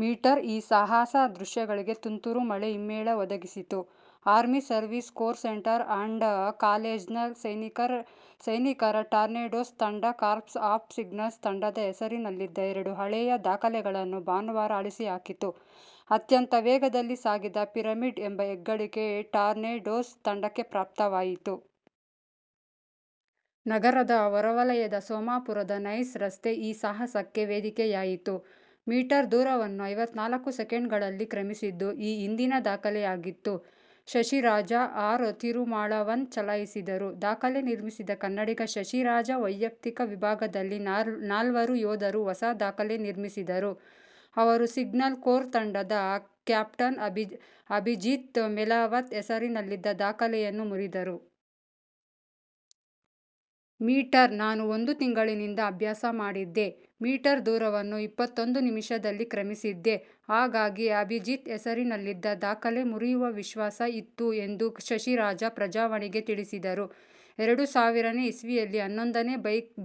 Metre ಈ ಸಾಹಸ ದೃಶ್ಯಗಳಿಗೆ ತುಂತುರು ಮಳೆ ಹಿಮ್ಮೇಳ ಒದಗಿಸಿತು. Army service corps centre and ಕಾಲೇಜ್ನ ಸೈನಿಕರ 'ಟಾರ್ನೆಡೋಸ್' ತಂಡ, 'ಕಾರ್ಪ್ಸ್ ಆಫ್ ಸಿಗ್ನಲ್ಸ್' ತಂಡದ ಹೆಸರಿನಲ್ಲಿದ್ದ ಎರಡು ಹಳೆಯ ದಾಖಲೆಗಳನ್ನು ಭಾನುವಾರ ಅಳಿಸಿ ಹಾಕಿತು. ಅತ್ಯಂತ ವೇಗದಲ್ಲಿ ಸಾಗಿದ ಪಿರಮಿಡ್ ಎಂಬ ಹೆಗ್ಗಳಿಕೆ ಟಾರ್ನೆಡೋಸ್ ತಂಡಕ್ಕೆ ಪ್ರಾಪ್ತವಾಯಿತು. ನಗರದ ಹೊರವಲಯದ ಸೋಮಪುರದ ನೈಸ್ ರಸ್ತೆ ಈ ಸಾಹಸಕ್ಕೆ ವೇದಿಕೆಯಾಯಿತು. ಮೀಟರ್ ದೂರವನ್ನು ಐವತ್ತನಾಲ್ಕು ಸೆಕೆಂಡ್ಗಳಲ್ಲಿ ಕ್ರಮಿಸಿದ್ದು ಈ ಹಿಂದಿನ ದಾಖಲೆ ಆಗಿತ್ತು. ಶಶಿರಾಜ, ಆರ್. ತಿರುಮಾಳವನ್ ಚಲಾಯಿಸಿದರು. ದಾಖಲೆ ನಿರ್ಮಿಸಿದ ಕನ್ನಡಿಗ ಶಶಿರಾಜ ವೈಯಕ್ತಿಕ ವಿಭಾಗದಲ್ಲಿ ನಾಲ್ವರು ಯೋಧರು ಹೊಸ ದಾಖಲೆ ನಿರ್ಮಿಸಿದರು. ಅವರು ಸಿಗ್ನಲ್ ಕೋರ್ ತಂಡದ ಕ್ಯಾಪ್ಟನ್ ಅಭಿಜಿತ್ ಮೆಲಾವತ್ ಹೆಸರಿನಲ್ಲಿದ್ದ ದಾಖಲೆಯನ್ನು ಮುರಿದರು. ಮೀಟರ್ 'ನಾನು ಒಂದು ತಿಂಗಳಿನಿಂದ ಅಭ್ಯಾಸ ಮಾಡಿದ್ದೆ. ಮೀಟರ್ ದೂರವನ್ನು ಇಪ್ಪತ್ತೊಂದು ನಿಮಿಷದಲ್ಲಿ ಕ್ರಮಿಸಿದ್ದೆ, ಹಾಗಾಗಿ ಅಭಿಜಿತ್ ಹೆಸರಿನಲ್ಲಿದ್ದ ದಾಖಲೆ ಮುರಿಯುವ ವಿಶ್ವಾಸ ಇತ್ತು ಎಂದು ಶಶಿರಾಜ 'ಪ್ರಜಾವಾಣಿ'ಗೆ ತಿಳಿಸಿದರು. ಎರಡು ಸಾವಿರನೇ ಇಸವಿಯಲ್ಲಿ ಹನ್ನೊಂದನೇ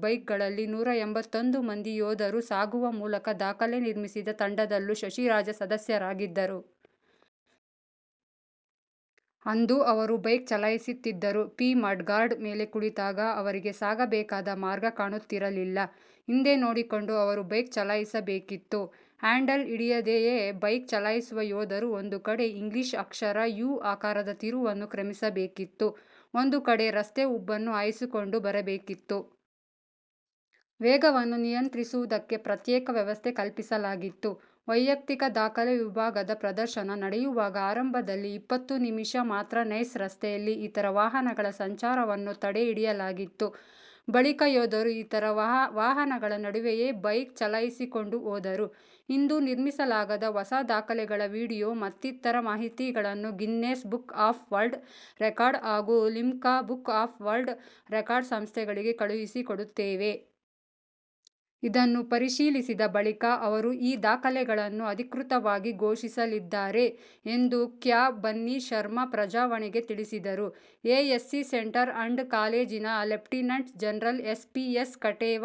ಬೈಕ್ಗಳಲ್ಲಿ ನೂರ ಎಂಭತ್ತೊಂದು ಮಂದಿ ಯೋಧರು ಸಾಗುವ ಮೂಲಕ ದಾಖಲೆ ನಿರ್ಮಿಸಿದ ತಂಡದಲ್ಲೂ ಶಶಿರಾಜ ಸದಸ್ಯರಾಗಿದ್ದರು. ಅಂದು ಅವರೂ ಬೈಕ್ ಚಲಾಯಿಸಿದ್ದರು. ಪಿ. ಮಡ್ಗಾರ್ಡ್ ಮೇಲೆ ಕುಳಿತಾಗ ಅವರಿಗೆ ಸಾಗಬೇಕಾದ ಮಾರ್ಗ ಕಾಣುತ್ತಿರಲಿಲ್ಲ. ಹಿಂದೆ ನೋಡಿಕೊಂಡು ಅವರು ಬೈಕ್ ಚಲಾಯಿಸಬೇಕಿತ್ತು. ಹ್ಯಾಂಡಲ್ ಹಿಡಿಯದೆಯೇ ಬೈಕ್ ಚಲಾಯಿಸುವ ಯೋಧರು ಒಂದು ಕಡೆ ಇಂಗ್ಲಿಷ್ ಅಕ್ಷರ ಯೂ ಆಕಾರದ ತಿರುವನ್ನು ಕ್ರಮಿಸಬೇಕಿತ್ತು. ಒಂದು ಕಡೆ ರಸ್ತೆ ಉಬ್ಬನ್ನು ಹಾಯಿಸಿಕೊಂಡು ಬರಬೇಕಿತ್ತು. ವೇಗವನ್ನು ನಿಯಂತ್ರಿಸುವುದಕ್ಕೆ ಪ್ರತ್ಯೇಕ ವ್ಯವಸ್ಥೆ ಕಲ್ಪಿಸಲಾಗಿತ್ತು. ವೈಯಕ್ತಿಕ ದಾಖಲೆ ವಿಭಾಗದ ಪ್ರದರ್ಶನ ನಡೆಯುವಾಗ ಆರಂಭದಲ್ಲಿ ಇಪ್ಪತ್ತು ನಿಮಿಷ ಮಾತ್ರ ನೈಸ್ ರಸ್ತೆಯಲ್ಲಿ ಇತರ ವಾಹನಗಳ ಸಂಚಾರವನ್ನು ತಡೆ ಹಿಡಿಯಲಾಗಿತ್ತು. ಬಳಿಕ ಯೋಧರು ಇತರ ವಾಹನಗಳ ನಡುವೆಯೇ ಬೈಕ್ ಚಲಾಯಿಸಿಕೊಂಡು ಹೋದರು. 'ಇಂದು ನಿರ್ಮಿಸಲಾದ ಹೊಸ ದಾಖಲೆಗಳ ವಿಡಿಯೊ ಮತ್ತಿತರ ಮಾಹಿತಿಗಳನ್ನು Guinness book of world record ಹಾಗೂ Limca book of world record ಸಂಸ್ಥೆಗಳಿಗೆ ಕಳುಹಿಸಿಕೊಡುತ್ತೇವೆ. ಇದನ್ನು ಪರಿಶೀಲಿಸಿದ ಬಳಿಕ ಅವರು ಈ ದಾಖಲೆಗಳನ್ನು ಅಧಿಕೃತವಾಗಿ ಘೋಷಿಸಲಿದ್ದಾರೆ' ಎಂದು ಕ್ಯಾ. ಬನ್ನಿ ಶರ್ಮ 'ಪ್ರಜಾವಾಣಿ'ಗೆ ತಿಳಿಸಿದರು. ಎಎಸ್ಸಿ ಸೆಂಟರ್ ಅಂಡ್ ಕಾಲೇಜಿನ lieutenant general S. P. S Katewa,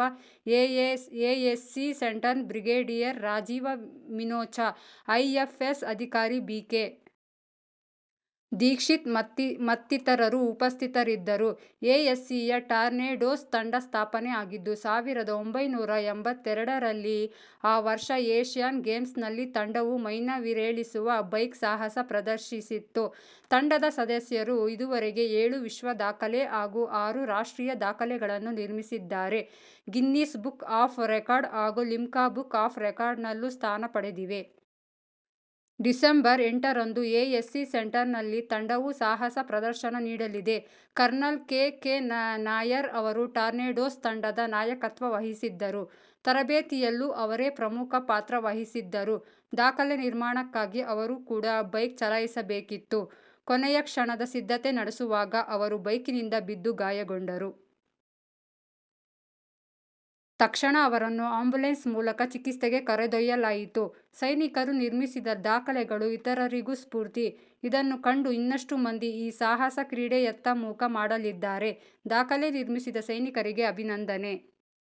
ASC ಸೆಂಟರ್ನ ಬ್ರಿಗೇಡಿಯರ್ ರಾಜೀವ್ ಮಿನೋಚ, ಐಎಫ್ಎಸ್ ಅಧಿಕಾರಿ ಬಿ. ಕೆ. ದೀಕ್ಷಿತ್ ಮತ್ತಿತರರು ಉಪಸ್ಥಿತರಿದ್ದರು. ಎಎಸ್ಸಿಯ ಟಾರ್ನೆಡೋಸ್ ತಂಡ ಸ್ಥಾಪನೆ ಆಗಿದ್ದು ಸಾವಿರದ ಒಂಭೈನೂರ ಎಂಭತ್ತೆರಡರಲ್ಲಿ. ಆ ವರ್ಷ ಏಷ್ಯನ್ ಗೇಮ್ಸ್ನಲ್ಲಿ ತಂಡವು ಮೈನವಿರೇಳಿಸುವ ಬೈಕ್ ಸಾಹಸ ಪ್ರದರ್ಶಿಸಿತ್ತು. ತಂಡದ ಸದಸ್ಯರು ಇದುವರೆಗೆ ಏಳು ವಿಶ್ವದಾಖಲೆ ಹಾಗೂ ಆರು ರಾಷ್ಟ್ರೀಯ ದಾಖಲೆಗಳನ್ನು ನಿರ್ಮಿಸಿದ್ದಾರೆ. ಗಿನ್ನಿಸ್ ಬುಕ್ ಆಫ್ ರೆಕಾರ್ಡ್ ಹಾಗೂ ಲಿಮ್ಕಾ ಬುಕ್ ಆಫ್ ರೆಕಾರ್ಡ್ನಲ್ಲೂ ಸ್ಥಾನ ಪಡೆದಿವೆ. ಡಿಸೆಂಬರ್ ಎಂಟರಂದು ಎ ಎಸ್ಸಿ ಸೆಂಟರ್ನಲ್ಲಿ ತಂಡವು ಸಾಹಸ ಪ್ರದರ್ಶನ ನೀಡಲಿದೆ. Colonel K. ಕೆ. ನಾಯರ್ ಅವರು ಟಾರ್ನೆಡೋಸ್ ತಂಡದ ನಾಯಕತ್ವ ವಹಿಸಿದ್ದರು. ತರಬೇತಿಯಲ್ಲೂ ಅವರೇ ಪ್ರಮುಖ ಪಾತ್ರ ವಹಿಸಿದ್ದರು. ದಾಖಲೆ ನಿರ್ಮಾಣಕ್ಕಾಗಿ ಅವರು ಕೂಡ ಬೈಕ್ ಚಲಾಯಿಸಬೇಕಿತ್ತು. ಕೊನೆಯ ಕ್ಷಣದ ಸಿದ್ಧತೆ ನಡೆಸುವಾಗ ಅವರು ಬೈಕಿನಿಂದ ಬಿದ್ದು ಗಾಯಗೊಂಡರು. ತಕ್ಷಣ ಅವರನ್ನು ಆಂಬುಲೆನ್ಸ್ ಮೂಲಕ ಚಿಕಿತ್ಸೆಗೆ ಕರೆದೊಯ್ಯಲಾಯಿತು. ಸೈನಿಕರು ನಿರ್ಮಿಸಿದ ದಾಖಲೆಗಳು ಇತರರಿಗೂ ಸ್ಫೂರ್ತಿ. ಇದನ್ನು ಕಂಡು ಇನ್ನಷ್ಟು ಮಂದಿ ಈ ಸಾಹಸ ಕ್ರೀಡೆಯತ್ತ ಮುಖ ಮಾಡಲಿದ್ದಾರೆ. ದಾಖಲೆ ನಿರ್ಮಿಸಿದ ಸೈನಿಕರಿಗೆ ಅಭಿನಂದನೆ